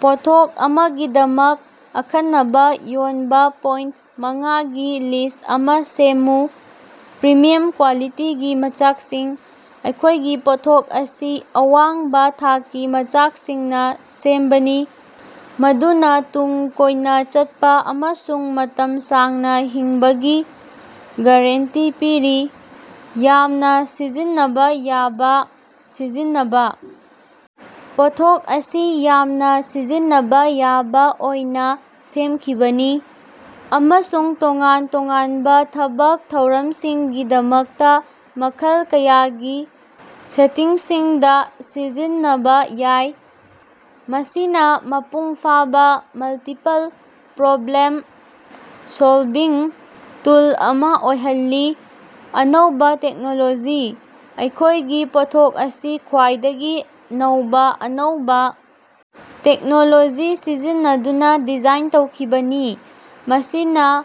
ꯄꯣꯠꯊꯣꯛ ꯑꯃꯒꯤꯗꯃꯛ ꯑꯈꯟꯅꯕ ꯌꯣꯟꯕ ꯄꯣꯏꯟꯇ ꯃꯉꯥꯒꯤ ꯂꯤꯁ꯭ꯠ ꯑꯃ ꯁꯦꯝꯃꯨ꯫ ꯄ꯭ꯔꯤꯃꯤꯌꯝ ꯀ꯭ꯋꯥꯂꯤꯇꯤꯒꯤ ꯃꯆꯥꯛꯁꯤꯡ: ꯑꯩꯈꯣꯏꯒꯤ ꯄꯣꯠꯊꯣꯛ ꯑꯁꯤ ꯑꯋꯥꯡꯕ ꯊꯥꯛꯀꯤ ꯃꯆꯥꯛꯁꯤꯡꯅ ꯁꯦꯝꯕꯅꯤ꯫ ꯃꯗꯨꯅ ꯇꯨꯡ ꯀꯣꯏꯅ ꯆꯠꯄ ꯑꯃꯁꯨꯡ ꯃꯇꯝ ꯁꯥꯡꯅ ꯍꯤꯡꯕꯒꯤ ꯒꯔꯦꯟꯇꯤ ꯄꯤꯔꯤ꯫ ꯌꯥꯝꯅ ꯁꯤꯖꯤꯟꯅꯕ ꯌꯥꯕ ꯁꯤꯖꯤꯟꯅꯕ: ꯄꯣꯠꯊꯣꯛ ꯑꯁꯤ ꯌꯥꯝꯅ ꯁꯤꯖꯤꯟꯅꯕ ꯌꯥꯕ ꯑꯣꯏꯅ ꯁꯦꯝꯈꯤꯕꯅꯤ꯫ ꯑꯃꯁꯨꯡ ꯇꯣꯉꯥꯟ ꯇꯣꯉꯥꯟꯕ ꯊꯕꯛ ꯊꯧꯔꯝꯁꯤꯡꯒꯤꯗꯃꯛꯇ ꯃꯈꯜ ꯀꯌꯥꯒꯤ ꯁꯦꯇꯤꯡꯁꯤꯡꯗ ꯁꯤꯖꯤꯟꯅꯕ ꯌꯥꯏ꯫ ꯃꯁꯤꯅ ꯃꯄꯨꯡ ꯐꯥꯕ ꯃꯜꯇꯤꯄꯜ ꯄ꯭ꯔꯣꯕ꯭ꯂꯦꯝ-ꯁꯣꯜꯕꯤꯡ ꯇꯨꯜ ꯑꯃ ꯑꯣꯏꯍꯜꯂꯤ꯫ ꯑꯅꯧꯕ ꯇꯦꯛꯅꯣꯂꯣꯖꯤ: ꯑꯩꯈꯣꯏꯒꯤ ꯄꯣꯠꯊꯣꯛ ꯑꯁꯤ ꯈ꯭ꯋꯥꯏꯗꯒꯤ ꯅꯧꯕ ꯑꯅꯧꯕ ꯇꯦꯛꯅꯣꯂꯣꯖꯤ ꯁꯤꯖꯤꯟꯅꯗꯨꯅ ꯗꯤꯖꯥꯏꯟ ꯇꯧꯈꯤꯕꯅꯤ꯫ ꯃꯁꯤꯅ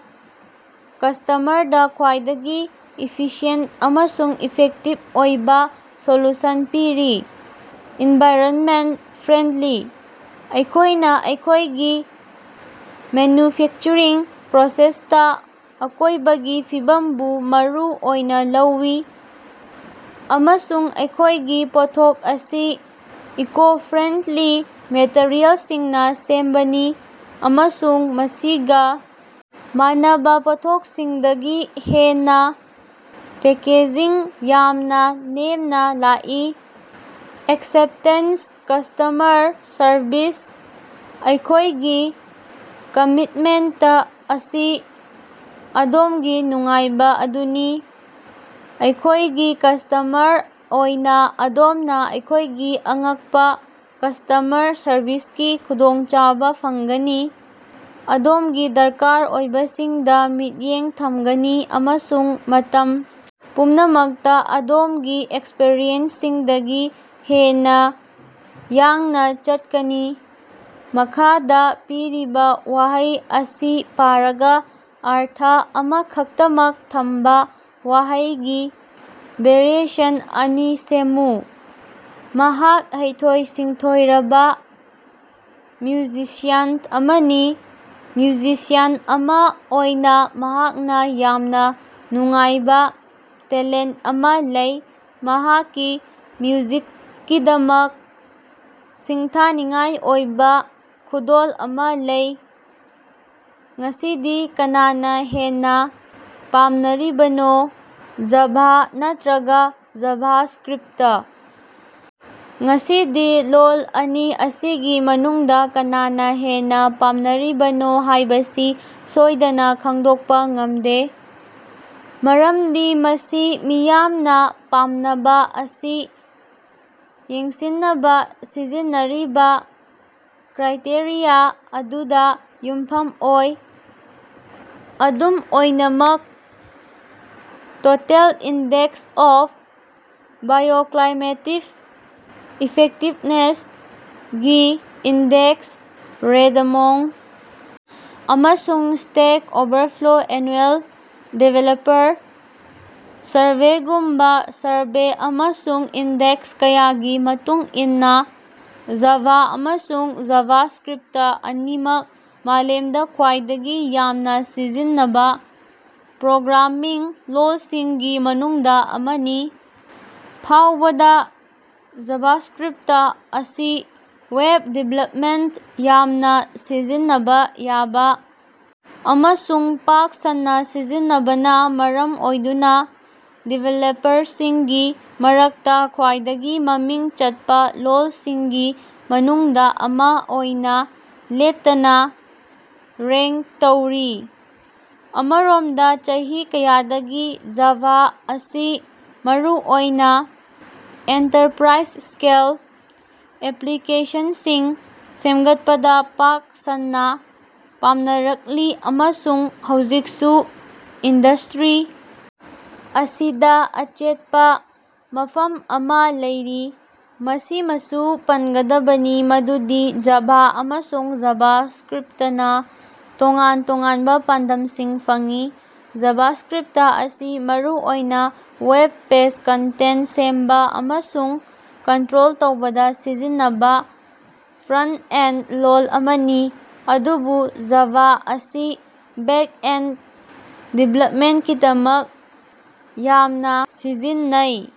ꯀꯁ꯭ꯇꯃꯔꯗ ꯈ꯭ꯋꯥꯏꯗꯒꯤ ꯏꯐꯤꯁꯤꯌꯦꯟꯇ ꯑꯃꯁꯨꯡ ꯏꯐꯦꯛꯇꯤꯕ ꯑꯣꯏꯕ ꯁꯣꯂꯨꯁꯟ ꯄꯤꯔꯤ꯫ ꯏꯟꯚꯥꯏꯔꯟꯃꯦꯟꯇ ꯐ꯭ꯔꯦꯟꯗꯂꯤ: ꯑꯩꯈꯣꯏꯅ ꯑꯩꯈꯣꯏꯒꯤ ꯃꯦꯟꯅꯨꯐꯦꯛꯆ꯭ꯔꯤꯡ ꯄ꯭ꯔꯣꯁꯦꯁꯇ ꯑꯀꯣꯏꯕꯒꯤ ꯐꯤꯕꯝꯕꯨ ꯃꯔꯨ ꯑꯣꯏꯅ ꯂꯧꯏ꯫ ꯑꯃꯁꯨꯡ ꯑꯩꯈꯣꯏꯒꯤ ꯄꯣꯠꯊꯣꯛ ꯑꯁꯤ ꯏꯀꯣꯐ꯭ꯔꯦꯟꯗꯂꯤ ꯃꯦꯇꯔꯤꯑꯦꯜꯁꯤꯡꯅ ꯁꯦꯝꯕꯅꯤ꯫ ꯑꯃꯁꯨꯡ ꯃꯁꯤꯒ ꯃꯥꯟꯅꯕ ꯄꯣꯠꯊꯣꯛꯁꯤꯡꯗꯒꯤ ꯍꯦꯟꯅ ꯄꯦꯀꯦꯖꯤꯡ ꯌꯥꯝꯅ ꯅꯦꯝꯅ ꯂꯥꯛꯏ꯫ ꯑꯦꯛꯁꯦꯞꯇꯦꯟꯁ ꯀꯁ꯭ꯇꯃꯔ ꯁꯔꯕꯤꯁ: ꯑꯩꯈꯣꯏꯒꯤ ꯀꯃꯤꯠꯃꯦꯟꯇ ꯑꯁꯤ ꯑꯗꯣꯝꯒꯤ ꯅꯨꯡꯉꯥꯏꯕ ꯑꯗꯨꯅꯤ꯫ ꯑꯩꯈꯣꯏꯒꯤ ꯀꯁ꯭ꯇꯃꯔ ꯑꯣꯏꯅ ꯑꯗꯣꯝꯅ ꯑꯩꯈꯣꯏꯒꯤ ꯑꯉꯛꯄ ꯀꯁ꯭ꯇꯃꯔ ꯁꯔꯕꯤꯁꯀꯤ ꯈꯨꯗꯣꯡꯆꯥꯕ ꯐꯪꯒꯅꯤ꯫ ꯑꯗꯣꯝꯒꯤ ꯗꯔꯀꯥꯔ ꯑꯣꯏꯕꯁꯤꯡꯗ ꯃꯤꯠꯌꯦꯡ ꯊꯝꯒꯅꯤ ꯑꯃꯁꯨꯡ ꯃꯇꯝ ꯄꯨꯝꯅꯃꯛꯇ ꯑꯗꯣꯝꯒꯤ ꯑꯦꯁ꯭ꯄꯤꯔꯦꯁꯟꯁꯤꯡꯗꯒꯤ ꯍꯦꯟꯅ ꯌꯥꯡꯅ ꯆꯠꯀꯅꯤ꯫ ꯃꯈꯥꯗ ꯄꯤꯔꯤꯕ ꯋꯥꯍꯩ ꯑꯁꯤ ꯄꯥꯥꯔꯒ ꯑꯔꯊ ꯑꯃꯈꯛꯇꯃꯛ ꯊꯝꯕ ꯋꯥꯍꯩꯒꯤ ꯚꯦꯔꯤꯑꯦꯁꯟ ꯑꯅꯤ ꯁꯦꯝꯃꯨ꯫ ꯃꯍꯥꯛ ꯍꯩꯊꯣꯏ-ꯁꯤꯡꯊꯣꯏꯔꯕ ꯃ꯭ꯌꯨꯖꯤꯁꯤꯌꯥꯟ ꯑꯃꯅꯤ꯫ ꯃ꯭ꯌꯨꯖꯤꯁꯤꯌꯥꯟ ꯑꯃ ꯑꯣꯏꯅ ꯃꯍꯥꯛꯅ ꯌꯥꯝꯅ ꯅꯨꯡꯉꯥꯏꯕ ꯇꯦꯂꯦꯟꯇ ꯑꯃ ꯂꯩ꯫ ꯃꯍꯥꯛꯀꯤ ꯃ꯭ꯌꯨꯖꯤꯛꯀꯤꯗꯃꯛ ꯁꯤꯡꯊꯥꯅꯤꯡꯉꯥꯏ ꯑꯣꯏꯕ ꯈꯨꯗꯣꯜ ꯑꯃ ꯂꯩ꯫ ꯉꯁꯤꯗꯤ ꯀꯅꯥꯅ ꯍꯦꯟꯅ ꯄꯥꯝꯅꯔꯤꯕꯅꯣ ꯖꯥꯚꯥ ꯅꯠꯇ꯭ꯔꯒ ꯖꯥꯚꯥꯁ꯭ꯀꯔꯤꯞꯇ? ꯉꯁꯤꯗꯤ ꯂꯣꯜ ꯑꯅꯤ ꯑꯁꯤꯒꯤ ꯃꯅꯨꯡꯗ ꯀꯅꯥꯅ ꯍꯦꯟꯅ ꯄꯥꯝꯅꯔꯤꯕꯅꯣ ꯍꯥꯏꯕꯁꯤ ꯁꯣꯏꯗꯅ ꯈꯪꯗꯣꯛꯄ ꯉꯝꯗꯦ꯫ ꯃꯔꯝꯗꯤ ꯃꯁꯤ ꯃꯤꯌꯥꯝꯅ ꯄꯥꯝꯅꯕ ꯑꯁꯤ ꯌꯦꯡꯁꯤꯟꯅꯕ ꯁꯤꯖꯤꯟꯅꯔꯤꯕ ꯀ꯭ꯔꯥꯏꯇꯦꯔꯤꯌꯥ ꯑꯗꯨꯗ ꯌꯨꯝꯐꯝ ꯑꯣꯏ꯫ ꯑꯗꯨꯝ ꯑꯣꯏꯅꯃꯛ total index of bioclimatic effectiveness ꯒꯤ ꯏꯟꯗꯦꯛꯁ ,ꯔꯦꯗꯃꯣꯡ, ꯑꯃꯁꯨꯡ ꯁ꯭ꯇꯦꯛ ꯑꯣꯚꯔꯐ꯭ꯂꯣ ꯑꯦꯅꯨꯑꯦꯜ ꯗꯤꯕꯦꯂꯄꯔ ꯁꯔꯚꯦꯒꯨꯝꯕ ꯁꯔꯚꯦ ꯑꯃꯁꯨꯡ ꯏꯟꯗꯦꯛꯁ ꯀꯌꯥꯒꯤ ꯃꯇꯨꯡ ꯏꯟꯅꯥ ꯖꯥꯚꯥ ꯑꯃꯁꯨꯡ ꯖꯥꯚꯥꯁ꯭ꯀꯔꯤꯞꯇ ꯑꯅꯤꯃꯛ ꯃꯥꯂꯦꯝꯗ ꯈ꯭ꯋꯥꯏꯗꯒꯤ ꯌꯥꯝꯅ ꯁꯤꯖꯤꯟꯅꯕ ꯄ꯭ꯔꯣꯒ꯭ꯔꯥꯝꯃꯤꯡ ꯂꯣꯜꯁꯤꯡꯒꯤ ꯃꯅꯨꯡꯗ ꯑꯃꯅꯤ꯫ ꯐꯥꯎꯕꯗ, ꯖꯥꯚꯥꯁ꯭ꯛꯔꯤꯞꯇ ꯑꯁꯤ ꯋꯦꯕ ꯗꯤꯕ꯭ꯂꯞꯃꯦꯟꯇꯗ ꯌꯥꯝꯅ ꯁꯤꯖꯤꯟꯅꯕ ꯌꯥꯕ ꯑꯃꯁꯨꯡ ꯄꯥꯛ ꯁꯟꯅ ꯁꯤꯖꯤꯟꯅꯕꯅ ꯃꯔꯝ ꯑꯣꯏꯗꯨꯅ ꯗꯤꯕꯦꯂꯄꯔꯁꯤꯡꯒꯤ ꯃꯔꯛꯇꯥ ꯈ꯭ꯋꯥꯏꯗꯒꯤ ꯃꯃꯤꯡ ꯆꯠꯄ ꯂꯣꯜꯁꯤꯡꯒꯤ ꯃꯅꯨꯡꯗ ꯑꯃ ꯑꯣꯏꯅ ꯂꯦꯞꯇꯅ ꯔꯦꯡ ꯇꯧꯔꯤ꯫ ꯑꯃꯔꯣꯝꯗ, ꯆꯍꯤ ꯀꯌꯥꯗꯒꯤ ꯖꯥꯚꯥ ꯑꯁꯤ ꯃꯔꯨꯑꯣꯏꯅ ꯑꯦꯟꯇꯔꯄ꯭ꯔꯥꯏꯖ-ꯁ꯭ꯀꯦꯜ ꯑꯦꯄ꯭ꯂꯤꯀꯦꯁꯟꯁꯤꯡ ꯁꯦꯝꯒꯠꯄꯗ ꯄꯥꯛ ꯁꯟꯅ ꯄꯥꯝꯅꯔꯛꯂꯤ ꯑꯃꯁꯨꯡ ꯍꯧꯖꯤꯛꯁꯨ ꯏꯟꯗꯁ꯭ꯇꯔꯤ ꯑꯁꯤꯗ ꯑꯆꯦꯠꯄ ꯃꯐꯝ ꯑꯃ ꯂꯩꯔꯤ꯫ ꯃꯁꯤꯃꯁꯨ ꯄꯟꯒꯗꯕꯅꯤ ꯃꯗꯨꯗꯤ ꯖꯥꯚꯥ ꯑꯃꯁꯨꯡ ꯖꯥꯚꯥꯁ꯭ꯀꯔꯤꯞꯇꯅ ꯇꯣꯉꯥꯟ ꯇꯣꯉꯥꯟꯕ ꯄꯥꯟꯗꯝꯁꯤꯡ ꯐꯪꯏ꯫ ꯖꯥꯚꯥꯁ꯭ꯀꯔꯤꯞꯇ ꯑꯁꯤ ꯃꯔꯨ ꯑꯣꯏꯅ ꯋꯦꯕ ꯄꯦꯖ ꯀꯟꯇꯦꯟꯇ ꯁꯦꯝꯕ ꯑꯃꯁꯨꯡ ꯀꯟꯇ꯭ꯔꯣꯜ ꯇꯧꯕꯗ ꯁꯤꯖꯤꯟꯅꯕ ꯐ꯭ꯔꯟꯇ-ꯑꯦꯟꯗ ꯂꯣꯜ ꯑꯃꯅꯤ꯫ ꯑꯗꯨꯕꯨ ꯖꯥꯚꯥ ꯑꯁꯤ ꯕꯦꯛ-ꯑꯦꯟꯗ ꯗꯤꯕ꯭ꯂꯞꯃꯦꯟꯇꯀꯤꯗꯃꯛ ꯌꯥꯝꯅ ꯁꯤꯖꯤꯟꯅꯩ꯫